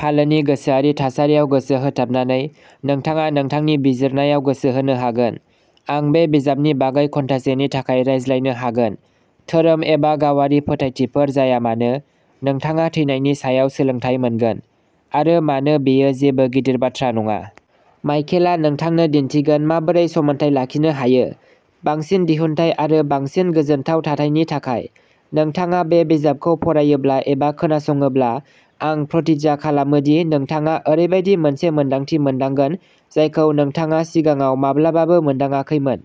फालोनि गोसोआरि थासारियाव गोसो होथाबनानै, नोंथाङा नोंथांनि बिजिरनायाव गोसो होनो हागोन। आं बे बिजाबनि बागै घन्टासेनि थाखाय रायज्लायनो हागोन। धोरोम एबा गावारि फोथायथिफोर जाया मानो, नोंथाङा थैनायनि सायाव सोलोंथाय मोनगोन, आरो मानो बेयो जेबो गिदिर बाथ्रा नङा। माइकेलआ नोंथांनो दिन्थिगोन माबोरै समानथाय लाखिनो हायो, बांसिन दिहुनथाइ आरो बांसिन गोजोनथाव थाथायनि थाखाय। नोंथाङा बे बिजाबखौ फरायोब्ला एबा खोनासङोब्ला आं प्रतिज्ञा खालामो दि नोंथाङा ओरैबायदि मोनसे मोनदांथि मोनदांगोन जायखौ नोंथाङा सिगाङाव माब्लाबाबो मोनदांआखैमोन।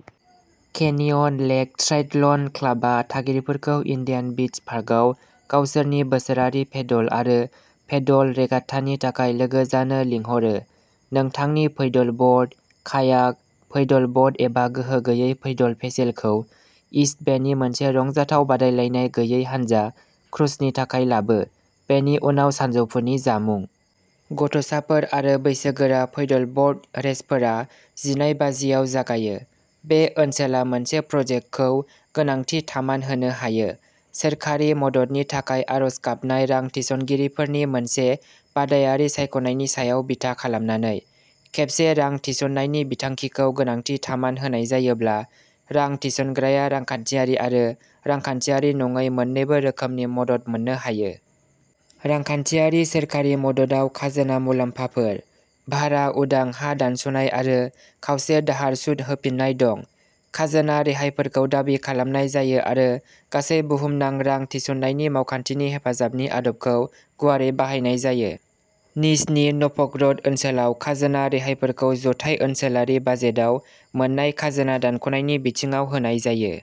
केनियन लेक ट्रायथल'न क्लाबआ थागिरिफोरखौ इन्डियान बीच पार्कआव गावसोरनि बोसोरारि पेडल आरो पेडल रेगाट्टानि थाखाय लोगो जानो लिंहरो। नोंथांनि पैडलब'र्ड, कायाक, पैडल बट, एबा गोहो गैयै पैडल भेसेलखौ इस्ट बेनि मोनसे रंजाथाव बादायलायनाय गैयै हानजा क्रुजनि थाखाय लाबो, बेनि उनाव सानजौफुनि जामुं। गथ'साफोर आरो बैसोगोरा पैडलब'र्ड रेसफोरा जिनै बाजिआव जागायो। बे ओनसोला मोनसे प्रजेक्टखौ गोनांथि थामान होनो हायो। सोरखारि मददनि थाखाय आर'ज गाबनाय रां थिसनगिरिफोरनि मोनसे बादायारि सायख'नायनि सायाव बिथा खालामनानै। खेबसे रां थिसननायनि बिथांखिखौ गोनांथि थामान होनाय जायोब्ला, रां थिसनग्राया रांखान्थियारि आरो रांखान्थियारि नङै मोन्नैबो रोखोमनि मदद मोननो हायो। रांखान्थियारि सोरखारि मददाव खाजोना मुलाम्फाफोर, भारा उदां हा दानस'नाय आरो खावसे दाहार सुद होफिननाय दं। खाजोना रेहायफोरखौ दाबि खालामनाय जायो आरो गासै बुहुमनां रां थिसननायनि मावखान्थिनि हेफाजाबनि आदबखौ गुवारै बाहायनाय जायो। निजनी न'भगर'ड ओनसोलाव खाजोना रेहायफोरखौ जथाय ओनसोलारि बाजेटआव मोन्नाय खाजोना दानख'नायनि बिथिङाव होनाय जायो।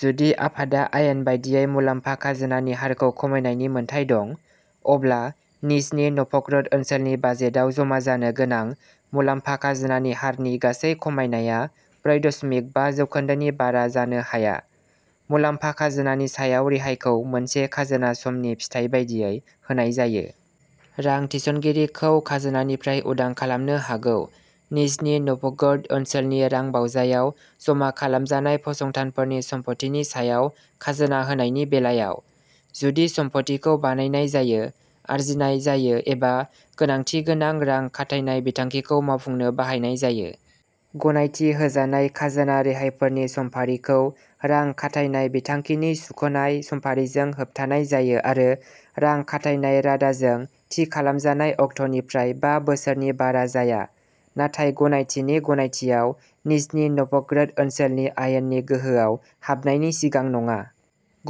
जुदि आफादा आयेन बायदियै मुलाम्फा खाजोनानि हारखौ खमायनायनि मोनथाय दं, अब्ला निजनी न'भगर'ड ओनसोलनि बाजेटआव जमा जानो गोनां मुलाम्फा खाजोनानि हारनि गासै खमायनाया ब्रै दशमिक बा जौखोन्दोनि बारा जानो हाया। मुलाम्फा खाजोनानि सायाव रेहायखौ मोनसे खाजोना समनि फिथाय बायदियै होनाय जायो। रां थिसनगिरिखौ खाजोनानिफ्राय उदां खालामनो हागौ। निजनी नभगोरद ओनसोलनि रांबावजायाव जमा खालामजानाय फसंथानफोरनि सम्पथिनि सायाव खाजोना होनायनि बेलायाव, जुदि सम्पथिखौ बानायनाय जायो, आरजिनाय जायो एबा गोनांथि गोनां रां खाथायनाय बिथांखिखौ मावफुंनो बाहायनाय जायो। गनायथि होजानाय खाजोना रेहायफोरनि समफारिखौ रां खाथायनाय बिथांखिनि सुख'नाय समफारिजों होबथानाय जायो आरो रां खाथायनाय रादाजों थि खालामजानाय अक्ट'निफ्राय बा बोसोरनि बारा जाया, नाथाय गनायथिनि गनायथिआव निजनी नभगोरद ओनसोलनि आयेननि गोहोआव हाबनायनि सिगां नङा।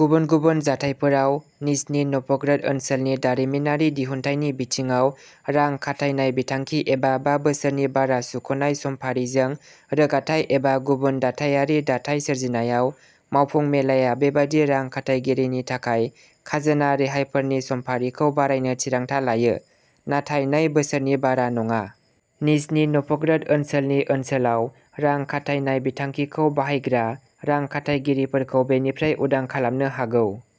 गुबुन गुबुन जाथायफोराव, निजनी नभगोरद ओनसोलनि दारिमिनारि दिहुन्थाइनि बिथिङाव रां खाथायनाय बिथांखि एबा बा बोसोरनि बारा सुख'नाय समफारिजों रोगाथाइ एबा गुबुन दाथायारि दाथाय सोरजिनायाव, मावफुं मेलाया बेबादि रां खाथायगिरिनि थाखाय खाजोना रेहायफोरनि समफारिखौ बारायनो थिरांथा लायो, नाथाय नै बोसोरनि बारा नङा। निजनी नभगोरद ओनसोलनि ओनसोलाव रां खाथायनाय बिथांखिफोरखौ बाहायग्रा रां खाथायगिरिफोरखौ बेनिफ्राय उदां खालामनो हागौ।